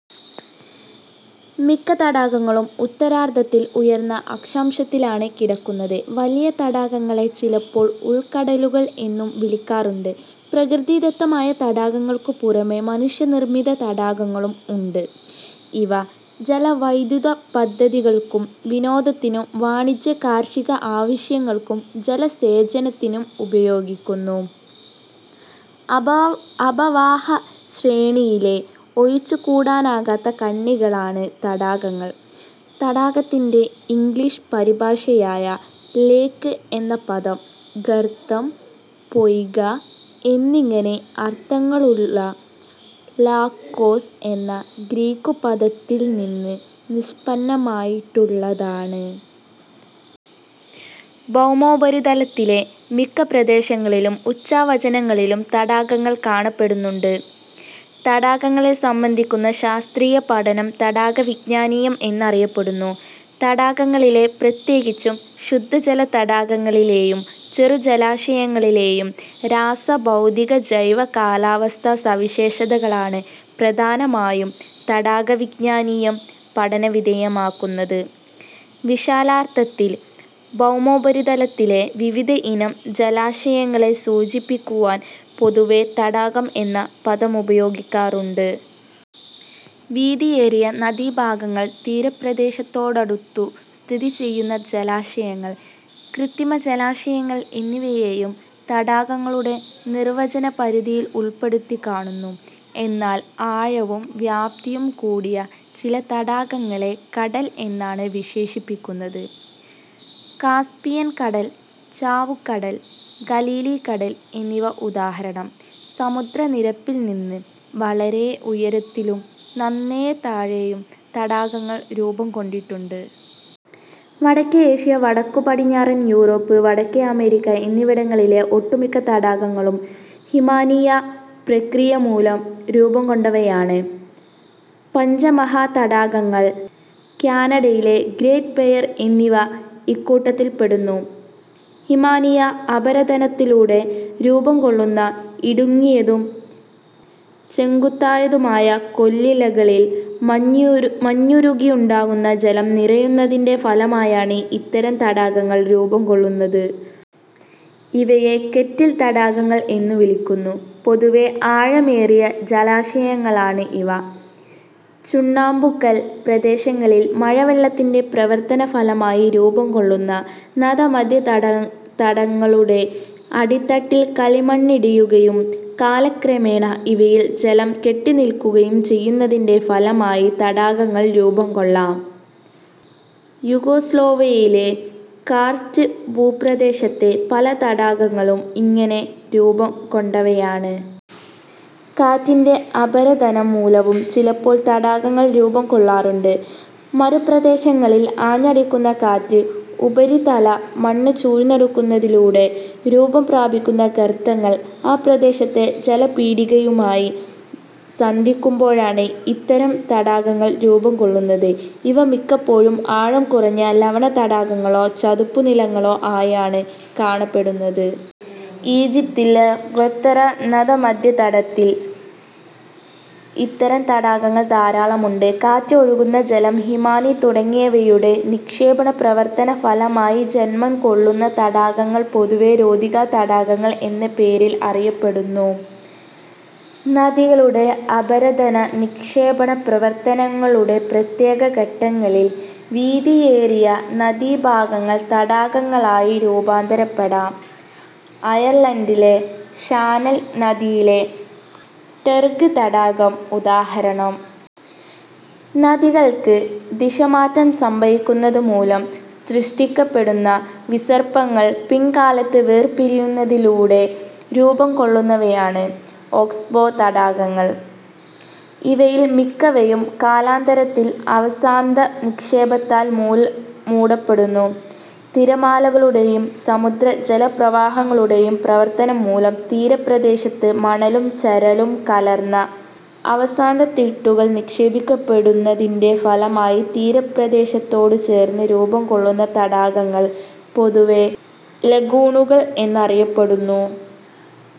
മിക്ക തടാകങ്ങളും ഉത്തരാർദ്ധത്തിൽ ഉയർന്ന അക്ഷാംശത്തിലാണ് കിടക്കുന്നത്. വലിയ തടാകങ്ങളെ ചിലപ്പോൾ ഉൾക്കടലുകൾ എന്നും വിളിക്കാറുണ്ട്. പ്രകൃതിദത്തമായ തടാകങ്ങൾക്കു പുറമേ മനുഷ്യനിർമ്മിത തടാകങ്ങളും ഉണ്ട്. ഇവ ജലവൈദ്യുതപദ്ധതികൾക്കും വിനോദത്തിനും വാണിജ്യ, കാർഷിക ആവശ്യങ്ങൾക്കും ജലസേചനത്തിനും ഉപയോഗിക്കുന്നു. അപവാഹ ശ്രേണിയിലെ ഒഴിച്ചുകൂടാനാകാത്ത കണ്ണികളാണ് തടാകങ്ങൾ. തടാകത്തിന്റെ ഇംഗ്ലീഷ് പരിഭാഷയായ ലേക്എന്ന പദം ഗർത്തം, പൊയ്കഎന്നിങ്ങനെ അർഥങ്ങളുള്ള ലാകോസ് എന്ന ഗ്രീക്കുപദത്തിൽ നിന്ന് നിഷ്പന്നമായിട്ടുള്ളതാണ്. ഭൌമോപരിതലത്തിലെ മിക്ക പ്രദേശങ്ങളിലും ഉച്ചാ വചങ്ങളിലും തടാകങ്ങൾ കാണപ്പെടുന്നുണ്ട്. തടാകങ്ങളെ സംബന്ധിക്കുന്ന ശാസ്ത്രീയ പഠനം തടാക വിജ്ഞാനീയം എന്നറിയപ്പെടുന്നു. തടാകങ്ങളിലെ, പ്രത്യേകിച്ചും ശുദ്ധജലതടാകങ്ങളിലേയും ചെറു ജലാശയങ്ങളി ലേയും രാസ-ഭൗതിക-ജൈവ-കാലാവസ്ഥാ സവിശേഷതകളാണ് പ്രധാനമായും തടാകവിജ്ഞാനീയം പഠനവിധേയമാക്കുന്നത്. വിശാലാർഥത്തിൽ ഭൗമോപരിതലത്തിലെ വിവിധയിനം ജലാശയങ്ങളെ സൂചിപ്പിക്കുവാൻ പൊതുവേ തടാകം എന്ന പദമുപയോഗിക്കാറുണ്ട്. വീതിയേറിയ നദീഭാഗങ്ങൾ, തീരപ്രദേശത്തോടടുത്തു സ്ഥിതിചെയ്യുന്ന ജലാശയങ്ങൾ, കൃത്രിമ ജലാശയങ്ങൾ എന്നിവയെയും തടാകങ്ങളുടെ നിർവചന പരിധിയിൽ ഉൾപ്പെടുത്തി കാണുന്നു. എന്നാൽ ആഴവും വ്യാപ്തിയും കൂടിയ ചില തടാകങ്ങളെ കടൽ എന്നാണ് വിശേഷിപ്പിക്കുന്നത്. കാസ്പിയൻ കടൽ, ചാവുകടൽ, ഗലീലി കടൽ എന്നിവ ഉദാഹരണം. സമുദ്ര നിരപ്പിൽ നിന്ന് വളരെ ഉയരത്തിലും നന്നേ താഴെയും തടാകങ്ങൾ രൂപംകൊണ്ടിട്ടുണ്ട്. വടക്കേ ഏഷ്യ, വടക്കു പടിഞ്ഞാറൻ യൂറോപ്പ്, വടക്കേ അമേരിക്ക എന്നിവിടങ്ങളിലെ ഒട്ടുമിക്ക തടാകങ്ങളും ഹിമാനീയ പ്രക്രിയമൂലം രൂപംകൊണ്ടവയാണ്. പഞ്ച മഹാതടാകങ്ങൾ, കാനഡയിലെ ഗ്രേറ്റ് ബെയർ എന്നിവ ഇക്കൂട്ടത്തിൽപ്പെടുന്നു. ഹിമാനീയ അപരദനത്തിലൂടെ രൂപംകൊള്ളുന്ന ഇടുങ്ങിയതും ചെങ്കുത്തായതുമായ കൊല്ലികളിൽ മഞ്ഞുരുകിയുണ്ടാകുന്ന ജലം നിറയുന്നതിന്റെ ഫലമായാണ് ഇത്തരം തടാകങ്ങൾ രൂപംകൊള്ളുന്നത്. ഇവയെ കെറ്റിൽ തടാകങ്ങൾ എന്നു വിളിക്കുന്നു. പൊതുവേ ആഴമേറിയ ജലാശയങ്ങളാണ് ഇവ. ചുണ്ണാമ്പുകൽ പ്രദേശങ്ങളിൽ മഴവെള്ളത്തിന്റെ പ്രവർത്തന ഫലമായി രൂപംകൊള്ളുന്ന നതമധ്യതടങ്ങളുടെ അടിത്തട്ടിൽ കളിമണ്ണടിയുകയും കാലക്രമേണ ഇവയിൽ ജലം കെട്ടിനില്ക്കുകയും ചെയ്യുന്നതിന്റെ ഫലമായി തടാകങ്ങൾ രൂപംകൊള്ളാം. യുഗോസ്ലോവിയയിലെ കാർസ്റ്റ് ഭൂപ്രദേശത്തെ പല തടാകങ്ങളും ഇങ്ങനെ രൂപം കൊണ്ടവയാണ്. കാറ്റിന്റെ അപരദനം മൂലവും ചിലപ്പോൾ തടാകങ്ങൾ രൂപം കൊള്ളാറുണ്ട്. മരുപ്രദേശങ്ങളിൽ ആഞ്ഞടിക്കുന്ന കാറ്റ് ഉപരിതല മണ്ണ് ചൂഴ്ന്നെടുക്കുന്നതിലൂടെ രൂപം പ്രാപിക്കുന്ന ഗർത്തങ്ങൾ ആ പ്രദേശത്തെ ജലപീഠികയുമായി സന്ധിക്കുമ്പോഴാണ് ഇത്തരം തടാകങ്ങൾ രൂപംകൊള്ളുന്നത്. ഇവ മിക്കപ്പോഴും ആഴം കുറഞ്ഞ ലവണ തടാകങ്ങളോ ചതുപ്പു നിലങ്ങളോ ആയാണ് കാണപ്പെടുന്നത്. ഈജിപ്തിലെ ഖ്വത്തറ നതമധ്യതടത്തിൽ ഇത്തരം തടാകങ്ങൾ ധാരാളമുണ്ട്. കാറ്റ്, ഒഴുകുന്ന ജലം, ഹിമാനി തുടങ്ങിയവയുടെ നിക്ഷേപണ പ്രവർത്തന ഫലമായി ജന്മം കൊള്ളുന്ന തടാകങ്ങൾ പൊതുവേ രോധികാ തടാകങ്ങൾ എന്ന പേരിൽ അറിയപ്പെടുന്നു. നദികളുടെ അപരദന-നിക്ഷേപണ പ്രവർത്തനങ്ങളുടെ പ്രത്യേക ഘട്ടങ്ങളിൽ വീതിയേറിയ നദീഭാഗങ്ങൾ തടാകങ്ങളായി രൂപാന്തരപ്പെടാം; അയർലണ്ടിലെ ഷാനൽ നദിയിലെ ഡെർഗ് തടാകം ഉദാഹരണം. നദികൾക്ക് ദിശമാറ്റം സംഭവിക്കുന്നതുമൂലം സൃഷ്ടിക്കപ്പെടുന്ന വിസർപ്പങ്ങൾ പില്ക്കാലത്ത് വേർ പിരിയുന്നതിലൂടെ രൂപംകൊള്ളുന്നവയാണ് ഓക്സ്ബോ തടാകങ്ങൾ. ഇവയിൽ മിക്കവയും കാലാന്തരത്തിൽ അവസാദ നിക്ഷേപത്താൽ മൂടപ്പെടുന്നു. തിരമാലകളുടേയും സമുദ്ര ജലപ്രവാഹങ്ങളുടേയും പ്രവർത്തനംമൂലം തീരപ്രദേശത്ത് മണലും ചരലും കലർന്ന അവസാദത്തിട്ടുകൾ നിക്ഷേപിക്കപ്പെടു ന്നതിന്റെ ഫലമായി തീരപ്രദേശത്തോടു ചേർന്ന് രൂപംകൊള്ളുന്ന തടാകങ്ങൾ പൊതുവേ ലഗൂണുകൾ എന്നറിയപ്പെടുന്നു.